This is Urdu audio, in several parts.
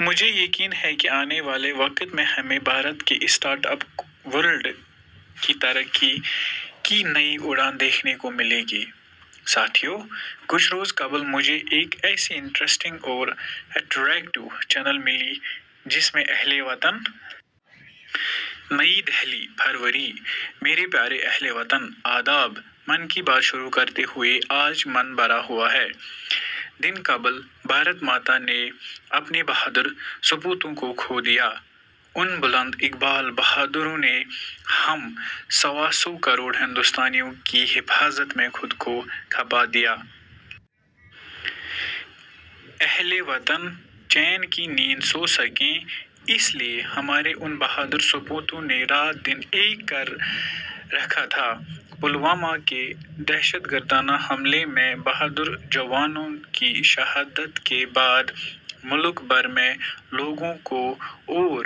مجھے یقین ہے کہ آنے والے وقت میں ہمیں بھارت کے اسٹارٹ اپ ورلڈ کی ترقی کی نئی اڑان دیکھنے کو ملے گی۔ ساتھیو، کچھ روز قبل مجھے ایک ایسی انٹریسٹنگ اور اٹریکٹیو چیز ملی، جس میں اہل وطن. نئی دہلی، فروری / میرے پیارے اہل وطن ، آداب! من کی بات شروع کرتے ہوئے آج من بھرا ہوا ہے۔ دن قبل بھارت ماتا نے اپنے بہادر سپوتوں کو کھو دیا۔ ان بلند اقبال بہادروں نے ہم سوا سو کروڑ ہندوستانیوں کی حفاظت میں خود کو کھپا دیا۔ اہل وطن چین کی نیند سو سکیں اس لئے ہمارے ان بہادروں سپوتوں نے رات دن ایک کر رکھا تھا۔ پلوامہ کے دہشت گردانہ حملے میں بہادر جوانوں کی شہادت کے بعد ملک بھر میں لوگوں کو اور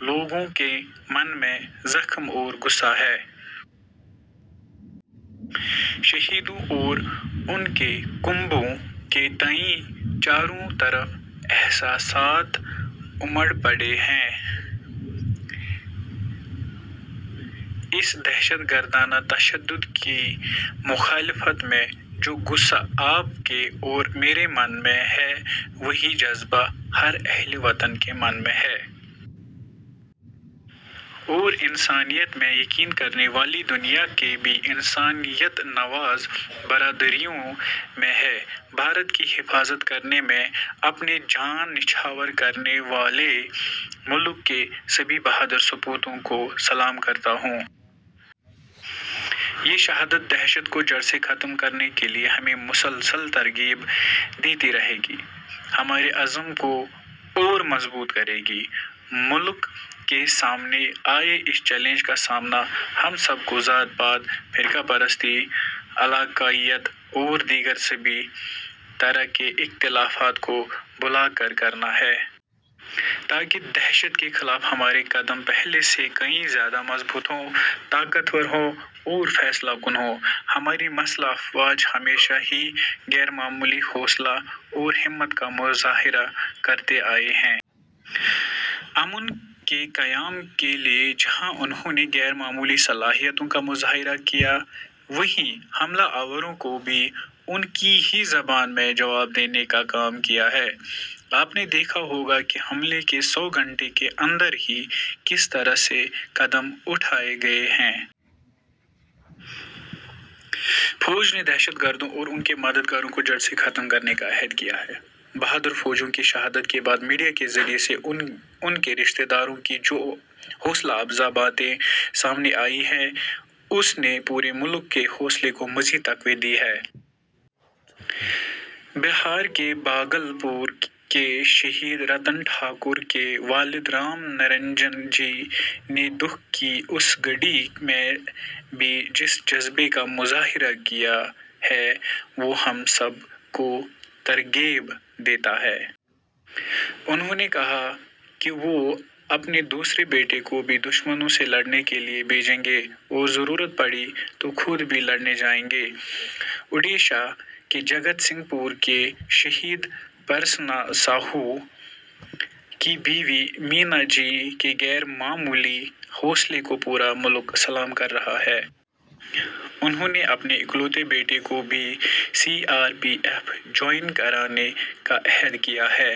لوگوں کے من میں زخم اور غصہ ہے۔ شہیدوں اور ان کے کنبوں کے تئیں چاروں طرف احساسات امڈ پڑے ہیں۔ اس دہشت گردانہ تشدد کی مخالفت میں جو غصہ آپ کے اور میرے من میں ہے وہی جذبہ ہر اہل وطن کے من میں ہے۔ اور انسانیت میں یقین کرنے والی دنیا کے بھی انسانیت نواز برادریوں میں ہے۔ بھارت کی حفاظت کرنے میں اپنے جان نچھاور کرنے والے ملک کے سبھی بہادر سپوتوں کو میں سلام کرتا ہوں۔ یہ شہادت دہشت کو جڑ سے ختم کرنے کے لئے ہمیں مسلسل ترغیب دیتی رہے گی، ہمارے عزم کو اور مضبوط کرے گی۔ ملک کے سامنے آئے اس چیلنج کا سامنا ہم سب کو ذات پات ، فرقہ پرستی ، علاقائیت اور دیگر سبھی طرح کے اختلافات کو بھولا کر کرنا ہے۔ تاکہ دہشت کے خلاف ہمارے قدم پہلے سے کہیں زیادہ مضبوط ہوں، طاقت ور ہوں اور فیصلہ کن ہوں۔ ہماری مسلح افواج ہمیشہ ہی غیر معمولی حوصلہ اور ہمت کا مظاہرہ کرتے آئے ہیں۔ امن کے قیام کے لئے جہاں انہوں نے غیر معمولی صلاحیتوں کا مظاہرہ کیا وہیں حملہ آوروں کو بھی ان ہی کی زبان میں جواب دینے کا کام کیا ہے۔ آپ نے دیکھا ہوگا کہ حملے کے سو گھنٹے کے اندر ہی کس قدر سے قدم اٹھائے گئے ہیں۔ فوج نے دہشت گردوں اور ان کے مددگاروں کو جڑ سے ختم کرنے کا عہد کیا ہے۔ بہادر فوجیوں کی شہادت کے بعد میڈیا کے ذریعے سے ان کے رشتے داروں کی جو حوصلہ افزا باتیں سامنے آئی ہیں اس نے پورے ملک کےحوصلے کو مزید تقویت دی ہے۔ بہار کے بھاگل پور کے شہید رتن ٹھاکر کے والد رام نرنجن جی نے دکھ کی اس گھڑی میں بھی جس جذبے کا مظاہرہ کیا ہے وہ ہم سب کو ترغیب دیتا ہے۔ انہوں نے کہا کہ وہ اپنے دوسرے بیٹے کو بھی دشمنوں سے لڑنے کے لئے بھیجیں گے اور ضرورت پڑی تو خود بھی لڑنے جائیں گے۔ اڈیشہ کے جگت سنگھ پور کے شہید پرسنہ ساہو کی بیوی مینا جی کے غیر معمولی حوصلے کو پورا ملک سلام کر رہا ہے۔ انہوں نے اپنے اکلوتے بیٹے کو بھی C R P F join کرانے کا عہد کیا ہے۔